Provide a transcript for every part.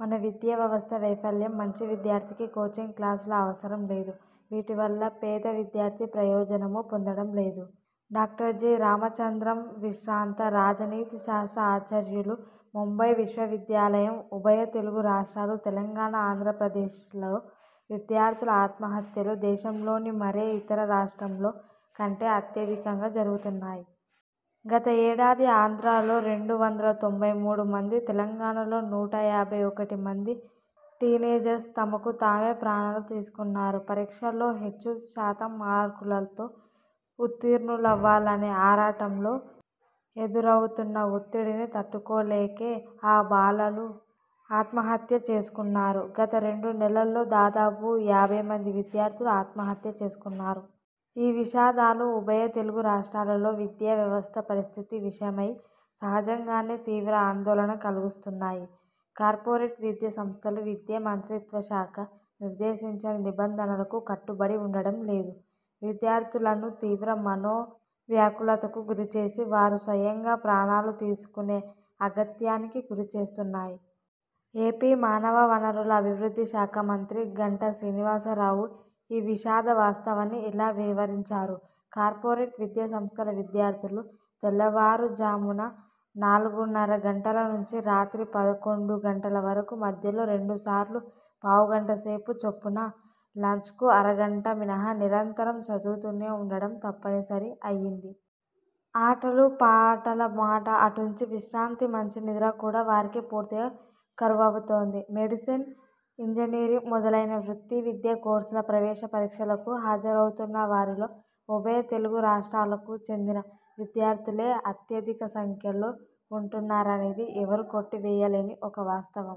మన విద్యా వ్యవస్థ వైఫల్యం. మంచి విద్యార్థికి కోచింగ్ క్లాసుల అవసరం లేదు. వీటివల్ల పేద విద్యార్థి ప్రయోజనమూ పొందడం లేదు. Doctor G. రామచంద్రంవిశ్రాంత రాజనీతి శాస్త్ర ఆచార్యులు, ముంబై విశ్వవిద్యాలయం ఉభయ తెలుగు రాష్ట్రాలు తెలంగాణ, ఆంధ్రప్రదేశ్లలో విద్యార్థుల ఆత్మహత్యలు దేశంలోని మరే ఇతన రాష్ట్రంలో కంటే అత్యధికంగా జరుగుతున్నాయి. గత ఏడాది ఆంధ్రాలో రెండు వందల తొంభై మూడు మంది, తెలంగాణలో నూట యాభై ఒకటి మంది టీనేజర్స్ తమకు తామే ప్రాణాలు తీసుకున్నారు. పరీక్షల్లో హెచ్చు శాతం మార్కులతో ఉత్తీర్ణులవ్వాలనే ఆరాటంలో ఎదురవుతున్న ఒత్తిడిని తట్టుకోలేకే ఆ బాలలు ఆత్మహత్య చేసుకున్నారు. గత రెండు నెలల్లో దాదాపు యాభై మంది విద్యార్థులు ఆత్మహత్య చేసుకున్నారు. ఈ విషాదాలు, ఉభయ తెలుగు రాష్ట్రాలలో విద్యా వ్యవస్థ పరిస్థితి విషయమై, సహజంగానే తీవ్ర ఆందోళన కలిగిస్తున్నాయి. కార్పొరేట్ విద్యా సంస్థలు విద్యా మంత్రిత్వ శాఖ నిర్దేశించిన నిబంధనలకు కట్టుబడి వుండడం లేదు. విద్యార్థులను తీవ్ర మనో వ్యాకులతకు గురిచేసి, వారు స్వయంగా ప్రాణాలుతీసుకునే అగత్యానికి గురిచేస్తున్నాయి. ఏపీ మానవ వనరుల అభివృద్ధి శాఖా మంత్రి గంటా శ్రీనివాసరావు ఈ విషాద వాస్తవాన్ని ఇలా వివరించారు 'కార్పొరేట్ విద్యా సంస్థల విద్యార్థులు తెల్లవారుఝామున నాలుగున్నర గంటల నుంచి రాత్రి పదకొండు గంటల వరకు, మధ్యలో రెండుసార్లు పావుగంట సేపు చొప్పున, లంచ్కు అరగంట మినహా నిరంతరం చదువుతూనే వుండడం తప్పనిసరి అయింది. ఆటలు పాటల మాట అటుంచి విశ్రాంతి, మంచి నిద్ర కూడా వారికి పూర్తిగా కరువవుతోంది'. మెడిసిన్, ఇంజనీరింగ్ మొదలైన వృత్తి విద్యా కోర్సుల ప్రవేశపరీక్షలకు హాజరవుతున్న వారిలో ఉభయ తెలుగురాష్ట్రాలకు చెందిన విద్యార్థులే అత్యధిక సంఖ్యలో వుంటున్నారనేది ఎవరూ కొట్టివేయలేని ఒక వాస్తవం.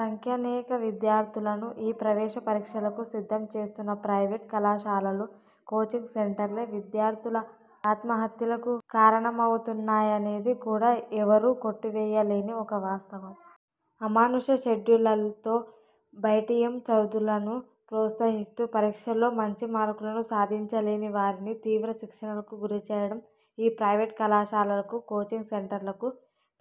సంఖ్యానేక విద్యార్థులను ఈ ప్రవేశపరీక్షలకు సిద్ధంచేస్తున్న ప్రైవేట్ కళాశాలలు, కోచింగ్ సెంటర్లే విద్యార్థుల ఆత్మహత్యలకూ కారణమవుతున్నాయనేది కూడా ఎవరూ కొట్టివేయలేని ఒక వాస్తవం. అమానుష షెడ్యూళ్ళతో బట్టీయం చదువులను ప్రోత్సహిస్తూ, పరీక్షల్లో మంచి మార్కులను సాధించలేని వారిని తీవ్ర శిక్షలకు గురి చెయ్యడం ఈ ప్రైవేట్ కళాశాలలకు, కోచింగ్ సెంటర్లకు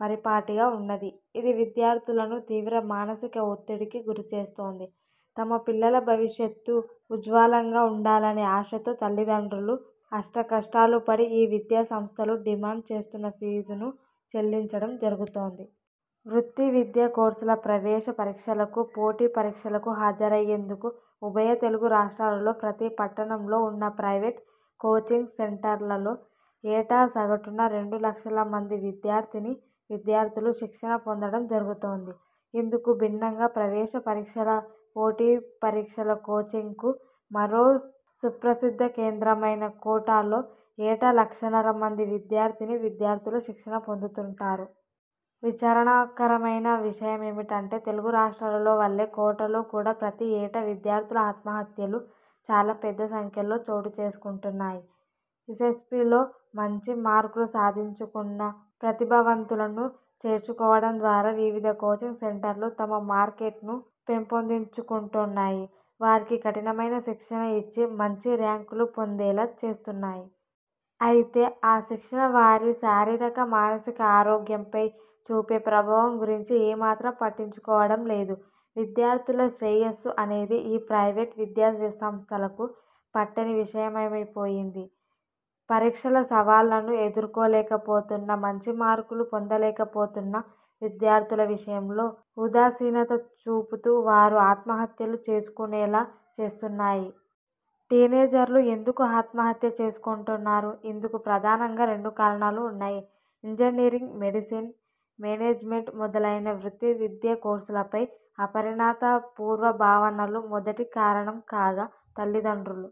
పరిపాటిగా వున్నది. ఇది విద్యార్థులను తీవ్ర మానసిక ఒత్తిడికి గురిచేస్తోంది. తమ పిల్లల భవిష్యత్తు ఉజ్వలంగా వుండాలనే ఆశతో తల్లితండ్రులూ అష్టకష్టాలు పడి ఈ విద్యా సంస్థలు డిమాండ్ చేస్తున్న ఫీజును చెల్లించడం జరుగుతోంది. వృత్తి విద్యా కోర్సుల ప్రవేశ పరీక్షలకు, పోటీ పరీక్షలకు హాజరయ్యేందుకు ఉభయ తెలుగు రాష్ట్రాలలో ప్రతి పట్టణంలో వున్న ప్రైవేట్ కోచింగ్ సెంటర్లలో ఏటా సగటున రెండు లక్షల మంది విద్యార్థినీ విద్యార్థులు శిక్షణ పొందడం జరుగుతోంది. ఇందుకు భిన్నంగా, ప్రవేశ పరీక్షల, పోటీ పరీక్షల కోచింగ్కు మరో సుప్రసిద్ధకేంద్రమైన కోట లో ఏటా లక్షన్నర మంది విద్యార్థినీ విద్యార్థులు శిక్షణ పొందుతుంటారు. విచారకరమైన విషయమేమిటంటే తెలుగు రాష్ట్రాలలో వలే కోటలో కూడా ప్రతి ఏటా విద్యార్థుల ఆత్మహత్యలు చాలా పెద్ద సంఖ్యలో చోటుచేసుకుంటున్నాయి. ఎస్ఎస్సీలో మంచి మార్కులు సాధించుకున్న ప్రతిభావంతులను చేర్చుకోవడం ద్వారా వివిధ కోచింగ్ సెంటర్లు తమ మార్కెట్ను పెంపొందించుకొంటున్నాయి. వారికి కఠినమైన శిక్షణ ఇచ్చి మంచి ర్యాంకులు పొందేలా చేస్తున్నాయి. అయితే ఆ శిక్షణ వారి శారీరక, మానసిక ఆరోగ్యంపై చూపే ప్రభావం గురించి ఏమాత్రం పట్టించుకోవడం లేదు. విద్యార్థుల శ్రేయస్సు అనేది ఈ ప్రైవేట్ విద్యాసంస్థలకు పట్టని విషయమైపోయింది. పరీక్షల సవాళ్లను ఎదుర్కోలేకపోతున్న, మంచి మార్కులు పొందలేకపోతున్న విద్యార్థుల విషయంలో ఉదాసీనత చూపుతూ వారు ఆత్మహత్యలు చేసుకొనేలా చేస్తున్నాయి. టీనేజర్లు ఎందుకు ఆత్మహత్య చేసుకొంటున్నారు? ఇందుకు ప్రధానంగా రెండు కారణాలు వున్నాయి. ఇంజనీరింగ్, మెడిసిన్, మేనేజ్మెంట్ మొదలైన వృత్తి విద్యా కోర్సులపై అపరిణత పూర్వ భావనలు మొదటి కారణం కాగా తల్లిదండ్రులు,